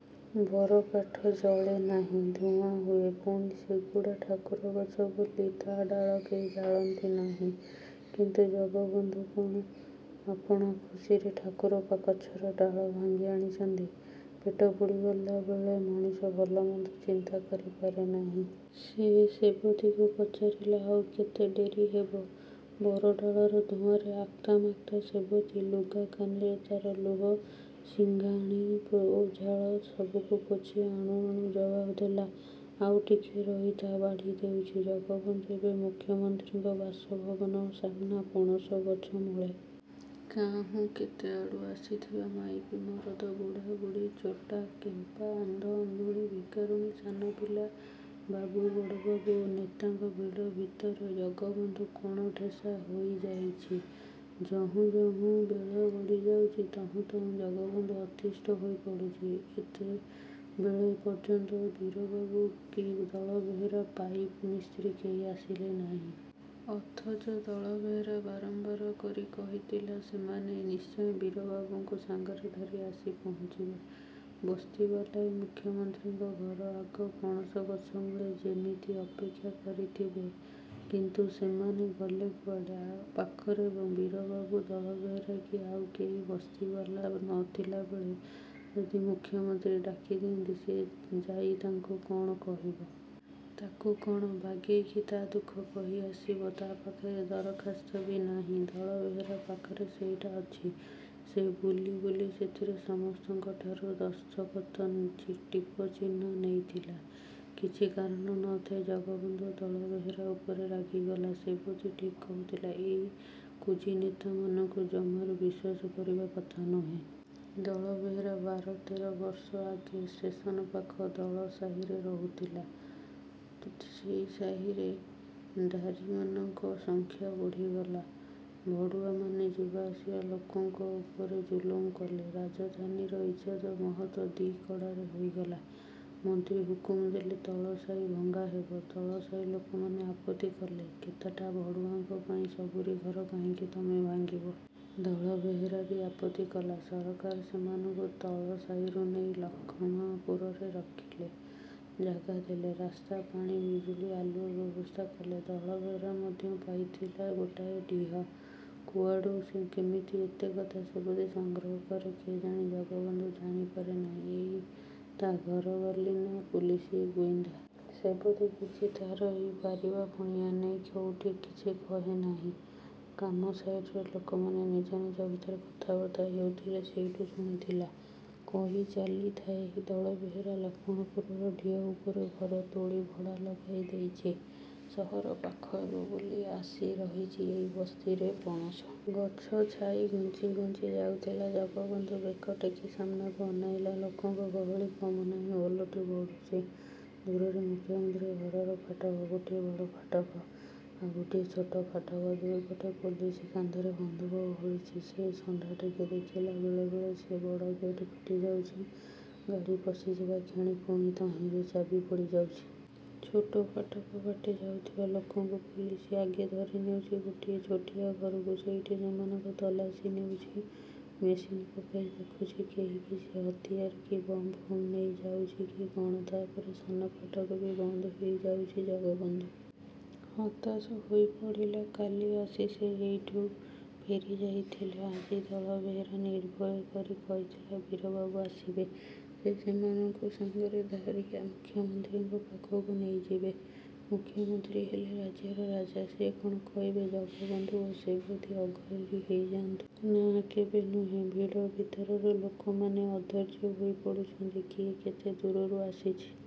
ବରକାଠ ଜଳେ ନାହିଁ, ଧୂଆଁ ହୁଏ। ପୁଣି ସେଗୁଡ଼ା ଠାକୁର ଗଛ ବୋଲି ତା' ଡାଳ କେହି ଜାଳନ୍ତି ନାହିଁ। କିନ୍ତୁ ଜଗବନ୍ଧୁ କଣ? ଆପଣା ଖୁସିରେ ଠାକୁର ଗଛର ଡାଳ ଭାଙ୍ଗି ଆଣିଛନ୍ତି! ପେଟ ପୋଡ଼ିଗଲା ବେଳେ ମଣିଷ ଭଲମନ୍ଦ ଚିନ୍ତା କରିପାରେ ନାହିଁ। ସିଏ ସେବତୀକୁ ପଚାରିଲା, "ଆଉ କେତେ ଡେରି ହେବ?"ବରଡାଳର ଧୂଆଁରେ ଆକ୍ତାମାକ୍ତା ସେବତୀ ଲୁଗାକାନିରେ ତା'ର ଲୁହ, ସିଂଘାଣି ଓ ଝାଳ ସବୁକୁ ପୋଛି ଆଣୁ ଆଣୁ ଜବାବ ଦେଲା, "ଆଉ ଟିକିଏ ରହିଥା, ବାଢ଼ି ଦେଉଛି।"ଜଗବନ୍ଧୁ ଏବେ ମୁଖ୍ୟମନ୍ତ୍ରୀଙ୍କ ବାସଭବନ ସାମ୍ନା ପଣସ ଗଛମୂଳେ। କାହୁଁ କେତେଆଡ଼ୁ ଆସିଥିବା ମାଇପି, ମରଦ, ବୁଢ଼ାବୁଢ଼ୀ, ଛୋଟା, କେମ୍ପା, ଅନ୍ଧ, ଅନ୍ଧୁଣୀ, ଭିକାରୁଣୀ, ସାନପିଲା, ବାବୁ, ବଡ଼ବାବୁ ଓ ନେତାଙ୍କ ଭିଡ଼ ଭିତରେ ଜଗବନ୍ଧୁ କୋଣଠେସା ହୋଇଯାଇଛି। ଯହୁଁ ଯହୁଁ ବେଳ ଗଡ଼ି ଯାଉଛି, ତହୁଁ ତହୁଁ ଜଗବନ୍ଧୁ ଅତିଷ୍ଠ ହୋଇପଡ଼ୁଛି। ଏତେବେଳ ପର୍ଯ୍ୟନ୍ତ ବୀରବାବୁ କି ଦଳବେହେରା ପାଇପ୍ ମିସ୍ତ୍ରୀ କେହି ଆସିଲେ ନାହିଁ। ଅଥଚ ଦଳବେହେରା ବାରମ୍ବାର କରି କହିଥିଲା, ସେମାନେ ନିଶ୍ଚୟ ବୀରବାବୁଙ୍କୁ ସାଙ୍ଗରେ ଧରି ଆସି ପହଞ୍ଚିବେ। ବସ୍ତିବାଲାଏ ମୁଖ୍ୟମନ୍ତ୍ରୀଙ୍କ ଘର ଆଗ ପଣସ ଗଛମୂଳେ ଯେମିତି ଅପେକ୍ଷା କରିଥିବେ କିନ୍ତୁ ସେମାନେ ଗଲେ କୁଆଡ଼େ? ଆ ପାଖରେ ବୀରବାବୁ, ଦଳବେହେରା କି ଆଉ କେହି ବସ୍ତିବାଲା ନଥିଲାବେଳେ ଯଦି ମୁଖ୍ୟମନ୍ତ୍ରୀ ଡାକିଦିଅନ୍ତି, ସେ ଯାଇ ତାଙ୍କୁ କ'ଣ କହିବ? ତାକୁ କ'ଣ ବାଗେଇକି ତା' ଦୁଃଖ କହି ଆସିବ? ତା' ପାଖରେ ଦରଖାସ୍ତ ବି ନାହିଁ। ଦଳବେହେରା ପାଖରେ ସେଇଟା ଅଛି। ସେ ବୁଲି ବୁଲି ସେଥିରେ ସମସ୍ତଙ୍କଠାରୁ ଦସ୍ତଖତ, ଟିପଚିହ୍ନ ନେଇଥିଲା। କିଛି କାରଣ ନଥାଇ ଜଗବନ୍ଧୁ ଦଳବେହେରା ଉପରେ ରାଗିଗଲା। ସେବତୀ ଠିକ୍ କହୁଥିଲା, ଏଇ କୁଜିନେତାମାନଙ୍କୁ ଜମାରୁ ବିଶ୍ୱାସ କରିବା କଥା ନୁହେଁ। ଦଳବେହେରା ବାର-ତେର ବର୍ଷ ଆଗେ ଷ୍ଟେସନ୍ ପାଖ ତଳସାହିରେ ରହୁଥିଲା। ସେଇ ସାହିରେ ଦାରୀମାନଙ୍କ ସଂଖ୍ୟା ବଢ଼ିଗଲା। ଭଡ଼ୁଆମାନେ ଯିବାଆସିବା ଲୋକଙ୍କ ଉପରେ ଜୁଲୁମ କଲେ। ରାଜଧାନୀର ଇଜ୍ଜତ ମହତ ଦିକଡ଼ାର ହୋଇଗଲା। ମନ୍ତ୍ରୀ ହୁକୁମ ଦେଲେ, ତଳସାହି ଭଙ୍ଗା ହେବ। ତଳସାହି ଲୋକମାନେ ଆପତ୍ତି କଲେ, କେତେଟା ଭଡ଼ୁଆଙ୍କ ପାଇଁ ସବୁରି ଘର କାହିଁକି ତମେ ଭାଙ୍ଗିବ? ଦଳବେହେରା ବି ଆପତ୍ତି କଲା। ସରକାର ସେମାନଙ୍କୁ ତଳସାହିରୁ ନେଇ ଲକ୍ଷ୍ମଣପୁରରେ ରଖିଲେ। ଜାଗା ଦେଲେ, ରାସ୍ତା, ପାଣି, ବିଜୁଳି ଆଲୁଅ ବ୍ୟବସ୍ଥା କଲେ। ଦଳବେହେରା ମଧ୍ୟ ପାଇଥିଲା ଗୋଟାଏ ଡିହ। କୁଆଡ଼ୁ କେମିତି ଏତେକଥା ସେବତୀ ସଂଗ୍ରହ କରେ କେଜାଣି! ଜଗବନ୍ଧୁ ଜାଣିପାରେ ନାହିଁ। ଏଇ ତା' ଘରବାଲୀ ନା ପୁଲିସ ଗୁଇନ୍ଦା? ସେବତୀ କିଛି ତା'ର ଏଇ ପାରିବାପଣିଆ ନେଇ ଚୋଉଠି କିଛି କହେ ନାହିଁ। "କାମ ସାଇଟ୍‌ରେ ଲୋକମାନେ ନିଜ ନିଜ ଭିତରେ କଥାବାର୍ତ୍ତା ହେଉଥିଲେ, ସେଇଠୁ ଶୁଣିଥିଲା" କହି ଚାଲିଥାଏ। ଦଳବେହେରା ଲକ୍ଷ୍ମଣପୁରର ଡିହ ଉପରେ ଘର ତୋଳି ଭଡ଼ା ଲଗାଇଦେଇଛି। ସହର ପାଖ ହେବ ବୋଲି ଆସି ରହିଛି ଏଇ ବସ୍ତିରେ। ପଣସ ଗଛ ଛାଇ ଘୁଞ୍ଚି ଘୁଞ୍ଚି ଯାଉଥିଲା। ଜଗବନ୍ଧୁ ବେକ ଟେକି ସାମ୍ନାକୁ ଅନାଇଲା। ଲୋକଙ୍କ ଗହଳି କମୁନାହିଁ, ଓଲଟି ବଢ଼ୁଛି। ଦୂରରେ ମୁଖ୍ୟମନ୍ତ୍ରୀ ଘରର ଫାଟକ। ଗୋଟିଏ ବଡ଼ ଫାଟକ, ଆଉ ଗୋଟିଏ ଛୋଟ ଫାଟକ। ଦୁଇପଟେ ପୁଲିସ, କାନ୍ଧରେ ବନ୍ଧୁକ ଓହଳିଛି। ସେ ଶଣ୍ଢା ଟେକି ଦେଖିଲା, ବେଳେ ବେଳେ ସେ ବଡ଼ ଗେଟ୍ ଫିଟିଯାଉଛି; ଗାଡ଼ି ପଶିଯିବା କ୍ଷଣି ପୁଣି ତହିଁରେ ଚାବି ପଡ଼ିଯାଉଛି। ଛୋଟ ଫାଟକ ବାଟେ ଯାଉଥିବା ଲୋକଙ୍କୁ ପୁଲିସ ଆଗେ ଧରିନେଉଛି ଗୋଟିଏ ଛୋଟିଆ ଘରକୁ। ସେଇଠି ସେମାନଙ୍କ ତଲାସି ନେଉଛି। ମେସିନ୍ ପକାଇ ଦେଖୁଛି, କେହି କିଛି ହତିଆର କି ବମ୍-ଫମ୍ ନେଇ ଯାଉଛି କି କ'ଣ! ତା'ପରେ ସାନ ଫାଟକ ବି ବନ୍ଦ ହୋଇଯାଉଛି। ଜଗବନ୍ଧୁ ହତାଶ ହୋଇପଡ଼ିଲା। କାଲି ଆସି ସେ ଏଇଠୁ ଫେରିଯାଇଥିଲା। ଆଜି ଦଳବେହେରା ନିର୍ଭୟ କରି କହିଥିଲା, ବୀରବାବୁ ଆସିବେ; ସେ ସେମାନଙ୍କୁ ସାଙ୍ଗରେ ଧରି ମୁଖ୍ୟମନ୍ତ୍ରୀଙ୍କ ପାଖକୁ ନେଇଯିବେ। ମୁଖ୍ୟମନ୍ତ୍ରୀ ହେଲେ ରାଜ୍ୟର ରାଜା। ସେ କ'ଣ କହିବେ ଜଗବନ୍ଧୁ ଓ ସେବତୀ ଅଘରୀ ହୋଇଯାଆନ୍ତୁ? ନା, କେବେ ନୁହେଁ। ଭିଡ଼ ଭିତରର ଲୋକମାନେ ଅଧୈର୍ଯ୍ୟ ହୋଇପଡ଼ୁଛନ୍ତି। କିଏ କେତେ ଦୂରରୁ ଆସିଛି।